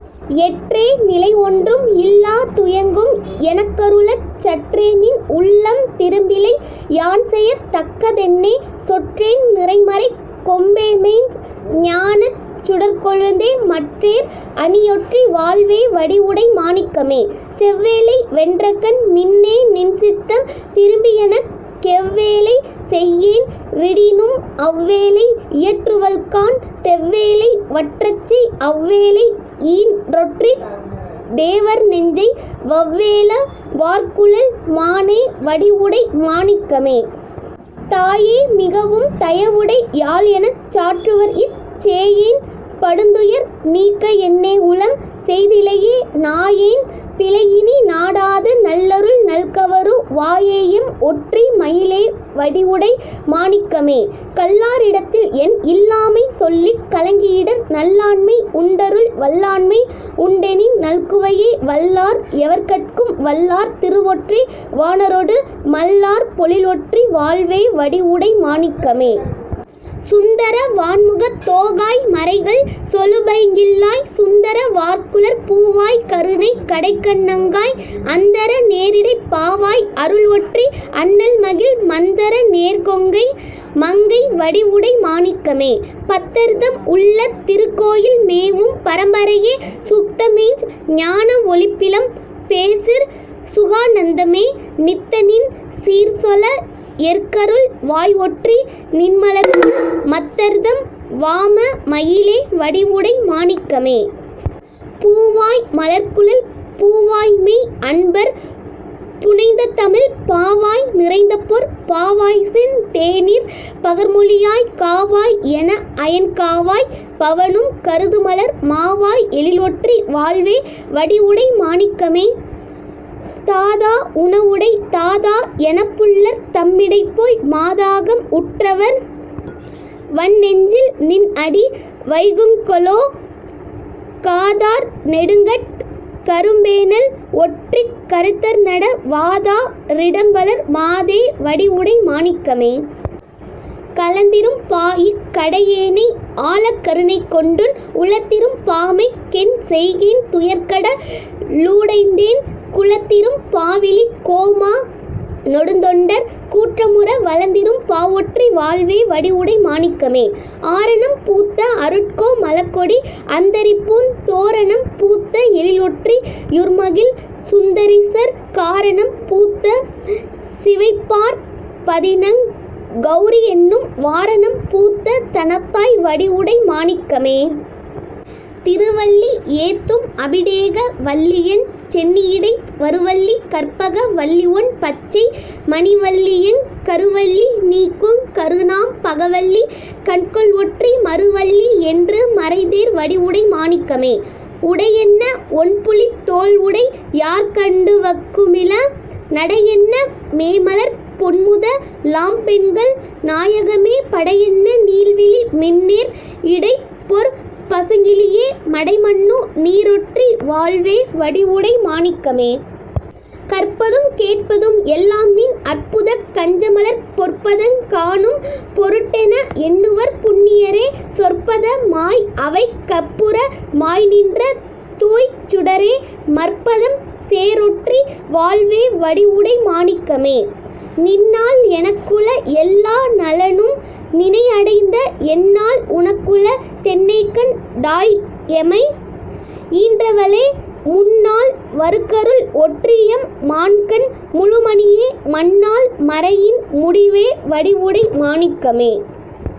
எற்றே நிலைஒன்றும் இல்லா துயங்கும் எனக்கருளச் சற்றேநின் உள்ளம் திரும்பிலை யான்செயத் தக்கதென்னே சொற்றேன் நிறைமறைக் கொம்பேமெய்ஞ் ஞானச் சுடர்க்கொழுந்தே மற்றேர் அணியொற்றி வாழ்வே வடிவுடை மாணிக்கமே. செவ்வேலை வென்றகண் மின்னே நின்சித்தம் திரும்பியெனக் கெவ்வேலை செய்யேன் றிடினும் அவ்வேலை இயற்றுவல்காண் தெவ்வேலை வற்றச்செய் அவ்வேளை யீன்றொற்றித் தேவர்நெஞ்சை வவ்வேல வார்குழல் மானே வடிவுடை மாணிக்கமே. தாயே மிகவும் தயவுடை யாள்எனச் சாற்றுவர்இச் சேயேன் படுந்துயர் நீக்கஎன்னேஉளம் செய்திலையே நாயேன் பிழைஇனி நாடாது நல்லருள் நல்கவரு வாயேஎம் ஒற்றி மயிலே வடிவுடை மாணிக்கமே. கல்லாரிடத்தில்என் இல்லாமை சொல்லிக் கலங்கிஇடர் நல்லாண்மை உண்டருள் வல்லாண்மை உண்டெனின் நல்குவையே வல்லார் எவர்கட்கும் வல்லார் திருவொற்றி வாணரொடு மல்லார் பொழில்ஒற்றி வாழ்வே வடிவுடை மாணிக்கமே. சுந்தர வாண்முகத் தோகாய் மறைகள் சொலுபைங்கிள்ளாய் சுந்தர வார்குழற் பூவாய் கருணைக் கடைக்கண்நங்காய் அந்தர நேரிடைப் பாவாய் அருள்ஒற்றி அண்ணல்மகிழ் மந்தர நேர்கொங்கை மங்கை வடிவுடை மாணிக்கமே. பத்தர்தம் உள்ளத் திருக்கோயில் மேவும் பரம்பரையே சுத்தமெய்ஞ் ஞானவொளிப்பிழம் பேசிற் சுகாநந்தமே நித்தநின் சீர்சொல எற்கருள் வாய்ஒற்றி நின்மலர்உன் மத்தர்தம் வாம மயிலே வடிவுடை மாணிக்கமே. பூவாய் மலர்க்குழல் பூவாய்மெய் அன்பர் புனைந்ததமிழ்ப் பாவாய் நிறைந்தபொற் பாவாய்செந் தேனிற் பகர்மொழியாய் காவாய் எனஅயன்காவாய் பவனும் கருதுமலர் மாவாய் எழில்ஒற்றி வாழ்வே வடிவுடை மாணிக்கமே. தாதா உணவுடை தாதா எனப்புல்லர் தம்மிடைப்போய் மாதாகம் உற்றவர் வன்நெஞ்சில் நின்அடி வைகுங்கொலோ காதார் நெடுங்கட் கரும்பேநல் ஒற்றிக் கருத்தர்நட வாதா ரிடம்வளர் மாதே வடிவுடை மாணிக்கமே. களந்திரும் பாஇக் கடையேனை ஆளக்கருணைகொண்டுன் உளத்திரும் பாமைக் கென் செய்கேன் துயர்க்கட லூடலைந்தேன் குளத்திரும் பாவிழிக் கோமா னொடுந்தொண்டர் கூட்டமுற வளந்திரும் பாவொற்றி வாழ்வே வடிவுடை மாணிக்கமே. ஆரணம் பூத்த அருட்கோ மளக்கொடி அந்தரிபூந் தோரணம் பூத்த எழில்ஒற்றி யுர்மகிழ் சுந்தரிசற் காரணம் பூத்த சிவைப்பார்ப் பதிநங் கெளரிஎன்னும் வாரணம் பூத்த தனத்தாய் வடிவுடை மாணிக்கமே. திருவல்லி ஏத்தும் அபிடேக வல்லிஎஞ் சென்னியிடை வருவல்லி கற்பக வல்லிஒண் பச்சை மணிவல்லிஎங் கருவல்லி நீக்குங் கருணாம் பகவல்லி கண்கொள்ஒற்றி மருவல்லி யென்று மறைதேர் வடிவுடை மாணிக்கமே. உடையென்ன ஒண்புலித் தோல்உடை யார்கண்டுவக்குமிள நடையென்ன மேமலர்ப் பொன்முத லாம்பெண்கள் நாயகமே படையென்ன நீள்விழி மின்னேர் இடைப் பொற் பசுங்கிளியே மடைமன்னு நீரொற்றி வாழ்வே வடிவுடை மாணிக்கமே. கற்பதும் கேட்பதும் எல்லாம்நின் அற்புதக் கஞ்சமலர்ப் பொற்பதங் காணும் பொருட்டென எண்ணுவர் புண்ணியரே சொற்பத மாய் அவைக் கப்புற மாய்நின்ற தூய்ச் சுடரே மற்பதம் சேரொற்றி வாழ்வே வடிவுடை மாணிக்கமே. நின்னால் எனக்குள எல்லா நலனும் நினைஅடைந்த என்னால் உனக்குள தென்னைகண் டாய்எமை ஈன்றவளே முன்நால் வருக்கருள் ஒற்றிஎம் மான்கண் முழுமணியே மன்னால் மறையின் முடிவே வடிவுடை மாணிக்கமே.